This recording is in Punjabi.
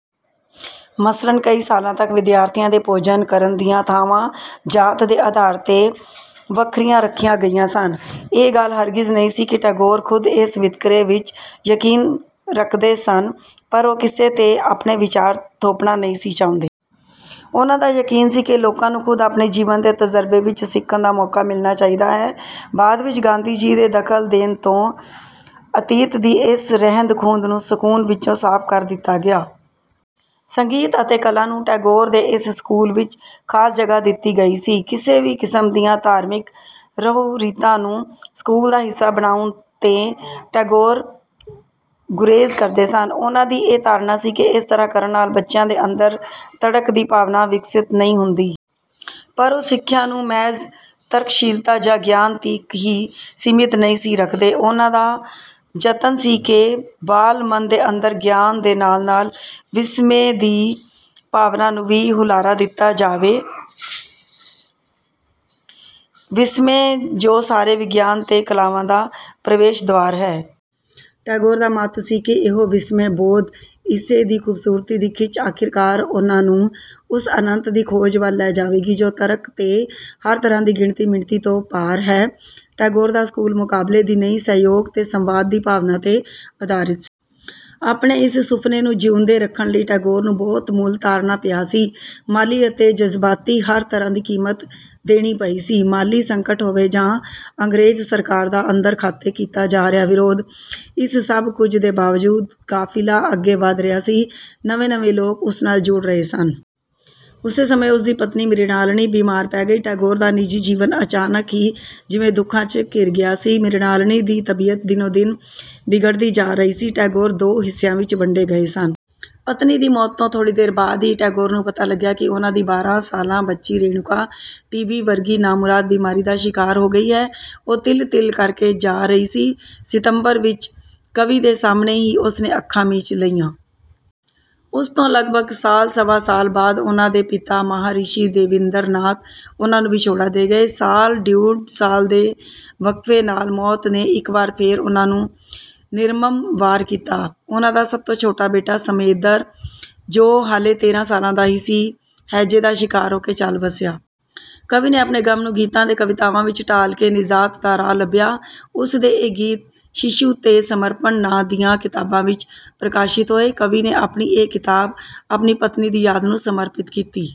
ਮਸਲਣ ਕਈ ਸਾਲਾਂ ਤਕ ਵਿਦਿਆਰਥੀਆਂ ਦੇ ਭੋਜਨ ਕਰਨ ਦੀਆਂ ਥਾਵਾਂ ਜਾਤ ਦੇ ਆਧਾਰ 'ਤੇ ਵਖਰੀਆਂ ਰੱਖੀਆਂ ਗਈਆਂ ਸਨ। ਇਹ ਗੱਲ ਹਰਗਿਜ਼ ਨਹੀਂ ਸੀ ਕਿ ਟੈਗੋਰ ਖੁਦ ਇਸ ਵਿਤਕਰੇ ਵਿੱਚ ਯਕੀਨ ਰਕਦੇ ਸਨ ਪਰ ਉਹ ਕਿਸੇ 'ਤੇ ਆਪਣੇ ਵਿਚਾਰ ਥੋਪਣਾ ਨਹੀਂ ਸੀ ਚਾਹੁੰਦੇ। ਉਨ੍ਹਾ ਦਾ ਯਕੀਨ ਸੀ ਕਿ ਲੋਕਾਂ ਨੂੰ ਖੁਦ ਆਪਣੇ ਜੀਵਨ ਦੇ ਤਜ਼ਰਬੇ ਵਿੱਚੋਂ ਸਿਖਣ ਦਾ ਮੌਕਾ ਮਿਲਣਾ ਚਾਹੀਦਾ ਹੈ। ਬਾਦ ਵਿੱਚ ਗਾਂਧੀ ਜੀ ਦੇ ਦਖਲ ਦੇਣ 'ਤੇ ਅਤੀਤ ਦੀ ਇਸ ਰਹਿਂਦ-ਖੂਂਹਦ ਨੂੰ ਸਕੂਲ ਵਿੱਚੋਂ ਸਾਫ਼ ਕਰ ਦਿੱਤਾ ਗਿਆ। ਸੰਗੀਤ ਅਤੇ ਕਲਾ ਨੂੰ ਟੈਗੋਰ ਦੇ ਇਸ ਸਕੂਲ ਵਿੱਚ ਖਾਸ ਜਗਾਹ ਦਿੱਤੀ ਗਈ ਸੀ। ਕਿਸੇ ਵੀ ਕਿਸਮ ਦੀਆਂ ਧਾਰਮਿਕ ਰਹੁ-ਰੀਤਾਂ ਨੂੰ ਸਕੂਲ ਦਾ ਹਿਸਾ ਬਣਾਉਣ ਤੋਂ ਟੈਗੋਰ ਗੁਰੇਜ਼ ਕਰਦੇ ਸਨ। ਉਹਨਾ ਦੀ ਇਹ ਧਾਰਣਾ ਸੀ ਕਿ ਇਸ ਤਰ੍ਹਾਂ ਕਰਨ ਨਾਲ ਬੱਚਿਆਂ ਦੇ ਅੰਦਰ ਤਰਕ ਦੀ ਭਾਵਨਾ ਵਿਕਸਤ ਨਹੀਂ ਹੁੰਦੀ। ਪਰ ਉਹ ਸਿਖਿਆ ਨੂੰ ਮਹਿਜ਼ ਤਰਕਸ਼ੀਲਤਾ ਜਾਂ ਗਿਆਨ ਤੀਕ ਹੀ ਸੀਮਿਤ ਨਹੀਂ ਸੀ ਰਖਦੇ। ਉਨ੍ਹਾ ਦਾ ਜਤਨ ਸੀ ਕਿ ਬਾਲ ਮਨ ਦੇ ਅੰਦਰ ਗਿਆਨ ਦੇ ਨਾਲ-ਨਾਲ ਵਿਸਮੈ ਦੀ ਭਾਵਨਾ ਨੂੰ ਵੀ ਹੁਲਾਰਾ ਦਿੱਤਾ ਜਾਵੇ--ਵਿਸਮੈ ਜੋ ਸਾਰੇ ਵਿਗਿਆਨ ਤੇ ਕਲਾਵਾਂ ਦਾ ਪ੍ਰਵੇਸ਼ ਦੁਆਰ ਹੈ। ਟੈਗੋਰ ਦਾ ਮਤ ਸੀ ਕਿ ਇਹੋ ਵਿਸਮੈ-ਬੋਧ, ਇਸੇ ਦੀ ਖੂਬਸੂਰਤੀ ਦੀ ਖਿੱਚ ਆਖਿਰਕਾਰ ਉਨ੍ਹਾਂ ਨੂੰ ਉਸ ਅਨੰਤ ਦੀ ਖੋਜ ਵੱਲ ਲੈ ਜਾਵੇਗੀ ਜੋ ਤਰਕ ਤੇ ਹਰ ਤਰ੍ਹਾਂ ਦੀ ਗਿਣਤੀ-ਮਿਣਤੀ ਤੋਂ ਪਾਰ ਹੈ। ਟੈਗੋਰ ਦਾ ਸਕੂਲ਼ ਮੁਕਾਬਲੇ ਦੀ ਨਹੀਂ ਸਹਿਯੋਗ ਤੇ ਸੰਵਾਦ ਦੀ ਭਾਵਨਾ 'ਤੇ ਆਧਾਰਿਤ ਸੀ। ਆਪਣੇ ਇਸ ਸੁਫ਼ਨੇ ਨੂੰ ਜਿਉਂਦੇ ਰਖਣ ਲਈ ਟੈਗੋਰ ਨੂੰ ਬਹੁਤ ਮੁੱਲ ਤਾਰਣਾ ਪਿਆ ਸੀ, ਮਾਲੀ ਅਤੇ ਜਜ਼ਬਾਤੀ ਹਰ ਤਰ੍ਹਾਂ ਦੀ ਕੀਮਤ ਦੇਣੀ ਪਈ ਸੀ। ਮਾਲੀ ਸੰਕਟ ਹੋਵੇ ਜਾਂ ਅੰਗਰੇਜ਼ ਸਰਕਾਰ ਦਾ ਅੰਦਰਖਾਤੇ ਕੀਤਾ ਜਾ ਰਿਹਾ ਵਿਰੋਧ, ਇਸ ਸਭ ਕੁਝ ਦੇ ਬਾਵਜੂਦ ਕਾਫ਼ਿਲਾ ਅੱਗੇ ਵਧ ਰਿਹਾ ਸੀ, ਨਵੇਂ-ਨਵੇਂ ਲੋਕ ਉਸ ਨਾਲ ਜੁੜ ਰਹੇ ਸਨ। ਉਸੇ ਸਮੇਂ ਉਸਦੀ ਪਤਨੀ ਮ੍ਰਿਣਾਲਨੀ ਬੀਮਾਰ ਪੈ ਗਈ। ਟੈਗੋਰ ਦਾ ਨਿਜੀ ਜੀਵਨ ਅਚਾਣਕ ਹੀ ਜਿਵੇਂ ਦੁਖਾਂ 'ਚ ਘਿਰ ਗਿਆ ਸੀ। ਮ੍ਰਿਣਾਲਨੀ ਦੀ ਤਬੀਅਤ ਦਿਨੋ-ਦਿਨ ਬਿਗੜਦੀ ਜਾ ਰਹੀ ਸੀ, ਟੈਗੋਰ ਦੋ ਹਿੱਸਿਆਂ ਵਿੱਚ ਵੰਡੇ ਗਏ ਸਨ। ਪਤਨੀ ਦੀ ਮੌਤ ਤੋਂ ਥੋੜੀ ਦੇਰ ਬਾਦ ਹੀ ਟੈਗੋਰ ਨੂੰ ਪਤਾ ਲਗਿਆ ਕਿ ਉਨ੍ਹਾ ਦੀ ਬਾਰ੍ਹਾਂ ਸਾਲਾ ਬੱਚੀ ਰੇਣੂਕਾ ਟੀ. ਬੀ ਵਰਗੀ ਨਾਮੁਰਾਦ ਬੀਮਾਰੀ ਦਾ ਸ਼ਿਕਾਰ ਹੋ ਗਈ ਹੈ। ਉਹ ਤਿਲ-ਤਿਲ ਕਰਕੇ ਜਾ ਰਹੀ ਸੀ, ਸਿਤੰਬਰ ਵਿੱਚ ਕਵੀ ਦੇ ਸਾਹਮਣੇ ਹੀ ਉਸਨੇ ਅੱਖਾਂ ਮੀਚ ਲਈਆਂ। ਉਸ ਤੋਂ ਲਗਭਗ ਸਾਲ-ਸਵਾ ਸਾਲ ਬਾਦ ਉਨ੍ਹਾ ਦੇ ਪਿਤਾ ਮਹਾਰਿਸ਼ੀ ਦੇਵਿੰਦਰਨਾਥ ਉਨ੍ਹਾ ਨੂੰ ਵਿਛੋੜਾ ਦੇ ਗਏ। ਸਾਲ-ਡਿਉੜ ਸਾਲ ਦੇ ਵਕਫ਼ੇ ਨਾਲ ਮੌਤ ਨੇ ਇੱਕ ਵਾਰ ਫੇਰ ਉਨ੍ਹਾ 'ਤੇ ਨਿਰਮਮ ਵਾਰ ਕੀਤਾ। ਉਨ੍ਹਾ ਦਾ ਸਭ ਤੋਂ ਛੋਟਾ ਬੇਟਾ ਸ਼ਮੇਂਦਰ, ਜੋ ਹਾਲੇ ਤੇਰ੍ਹਾਂ ਸਾਲਾਂ ਦਾ ਹੀ ਸੀ, ਹੈਜੇ ਦਾ ਸ਼ਿਕਾਰ ਹੋ ਕੇ ਚਲ ਵਸਿਆ। ਕਵੀ ਨੇ ਆਪਣੇ ਗਮ ਨੂੰ ਗੀਤਾਂ ਤੇ ਕਵਿਤਾਵਾਂ ਵਿੱਚ ਢਾਲ ਕੇ ਨਿਜ਼ਾਤ ਦਾ ਰਾਹ ਲੱਭਿਆ। ਉਸਦੇ ਇਹ ਗੀਤ "ਸ਼ਿਸ਼ੂ" ਤੇ "ਸਮਰਪਣ" ਨਾਂ ਦੀਆਂ ਕਿਤਾਬਾਂ ਵਿੱਚ ਪ੍ਰਕਾਸ਼ਿਤ ਹੋਏ। ਕਵੀ ਨੇ ਆਪਣੀ ਇਹ ਕਿਤਾਬ ਆਪਣੀ ਪਤਨੀ ਦੀ ਯਾਦ ਨੂੰ ਸਮਰਪਿਤ ਕੀਤੀ।